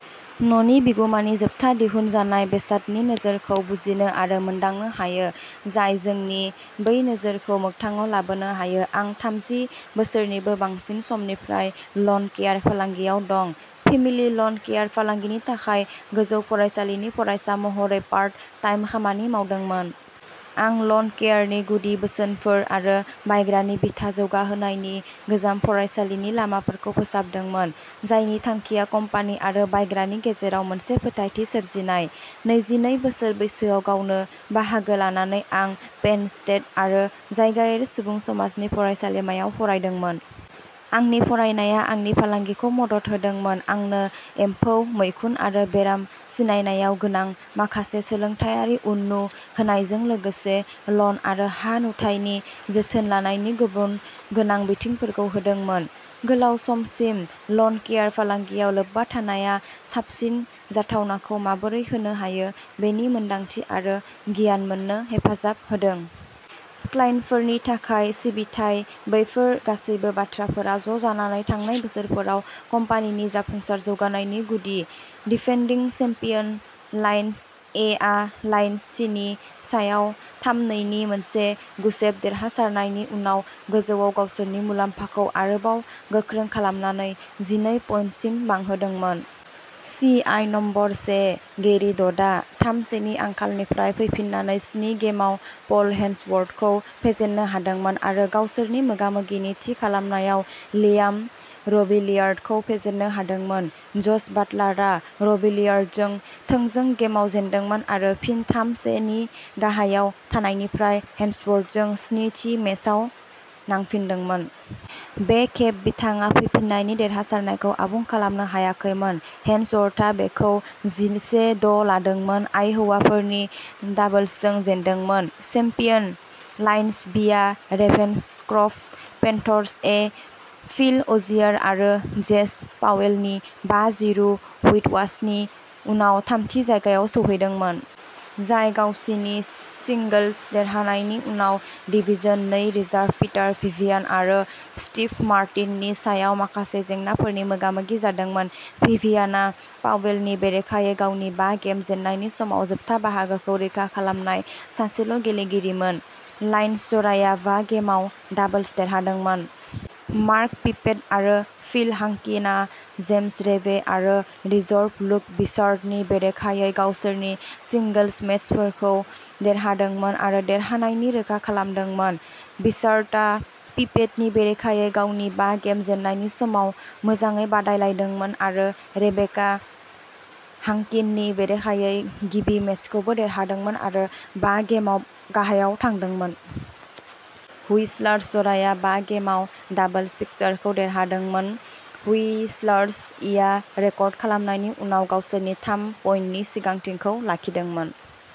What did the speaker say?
न'नि बिगुमानि जोबथा दिहुनजानाय बेसादनि नोजोरखौ बुजिनो आरो मोनदांनो हायो। जाय जोंनो बै नोजोरखौ मोगथाङाव लाबोनो हायो। आं थामजि बोसोरनिबो बांसिन समनिफ्राय लन केयार फालांगियाव दं। फेमिलि लन केयार फालांगिनि थाखाय गोजौ फरायसालिनि फरायसा महरै पार्ट टाइम खामानि मावदोंमोन। आं लन केयारनि गुदि बोसोनफोर आरो बायग्रानि बिथा जौगाहोनायनि गोजाम फरायसालिनि लामाफोरखौ फोसाबदोंमोन। जायनि थांखिया कम्पानि आरो बायग्रानि गेजेराव मोनसे फोथायथि सोरजिनाय। नैजिनै बोसोर बैसोआव गावनो बाहागो लानानै आं पेन स्टेट आरो जायगायारि सुबुं समाजनि फरायसालिमायाव फरायदोंमोन। आंनि फरायनाया आंनि फालांगिखौ मदद होदोंमोन। आंनो एम्फौ, मैखुन आरो बेराम सिनायनायाव गोनां माखासे सोलोंथायारि उननु होनायजों लोगोसे लन आरो हा नुथायनि जोथोन लानायनि गुबुन गोनां बिथिंफोरखौ होदोंमोन। गोलाव समसिम लन केयार फालांगियाव लोब्बा थानाया साबसिन जाथावनाखौ माबोरै होनो हायो बेनि मोनदांथि आरो गियान मोन्नो हेफाजाब होदों। क्लाइन्टफोरनि थाखाय सिबिथाइ। बेफोर गासैबो बाथ्राफोरा ज'जानानै थांनाय बोसोरफोराव कम्पानिनि जाफुंसार जौगानायनि गुदि। डिफेन्दिं चेम्पियन लायन्स ए आ लायन्स सीनि सायाव थाम-नैनि मोनसे गुसेब देरहासारनायनि उनाव गोजौआव गावसोरनि मुलाम्फाखौ आरोबाव गोख्रों खालामनानै जिनै पइन्टसिम बांहोदोंमोन। सि आइ नम्बर से गेरि डडआ थाम सेनि आंखालनिफ्राय फैफिन्नानै स्नि गेमआव पल हेन्सवर्थखौ फेजेन्नो हादोंमोन आरो गावसोरनि मोगा-मोगिनि थि खालामनायाव लियाम रबिलियार्डखौ फेजेननो हादोंमोन। जश बाटलारआ र'बिलियार्डजों थोंजों गेमआव जेनदोंमोन आरो फिन थाम से नि गाहायाव थानायनिफ्राय हेन्सवर्थजों स्नि थि मेचआव नांफिनदोंमोन। बे खेब बिथाङा फैफिन्नायनि देरहासारनायखौ आबुं खालामनो हायाखैमोन। हेन्सवर्थआ बेखौ जिसे द’ लादोंमोन। आइ हौवाफोरनि डाबल्सजों जेनदोंमोन। चेम्पियन। लायन्स बिआ रेभेन्सक्रफ्ट पेन्थर्स ए फिल अजियार आरो जेज पावेलनि बा जिरु हुइटवाशनि उनाव थामथि जायगायाव सौहैदोंमोन। जाय गावसिनि सिंगोल्स देरहानायनि समाव डिवीजन नै रिजार्भ पिटार भिभियान आरो स्टीव मार्टिननि सायाव माखासे जेंनाफोरनि मोगा-मोगि जादोंमोन। भिभियानआ पावेलनि बेरेखायै गावनि बा गेम जेननायनि समाव जोबथा बाहागोखौ रैखा खालामनाय सासेल' गेलेगिरिमोन। लायन्स जराया बा गेमआव डाबल्स देरहादोंमोन। मार्क पिपेट आरो फिल हांकिनआ जेम्स रेबे आरो रिजर्व लुक बिचार्डनि बेरेखायै गावसोरनि सिंगोल्स मेचफोरखौ देरहादोंमोन आरो देरहानायनि रोखा खालामदोंमोन। बिचार्डआ पिपेटनि बेरेखायै गावनि बा गेम जेननायनि समाव मोजाङै बादायलायदोंमोन आरो रेबेआ हांकिननि बेरेखायै गिबि मेचखौबो देरहादोंमोन आरो बा गेमआव गाहायाव थांदोंमोन। हुइस्लार्स जराया बा गेमआव डाबल्स फिक्सारखौ देरहादोंमोन। हुइस्लार्स इआ रेकर्ड खालामनायनि उनाव गावसोरनि थाम पइन्टनि सिगांथिखौ लाखिदोंमोन।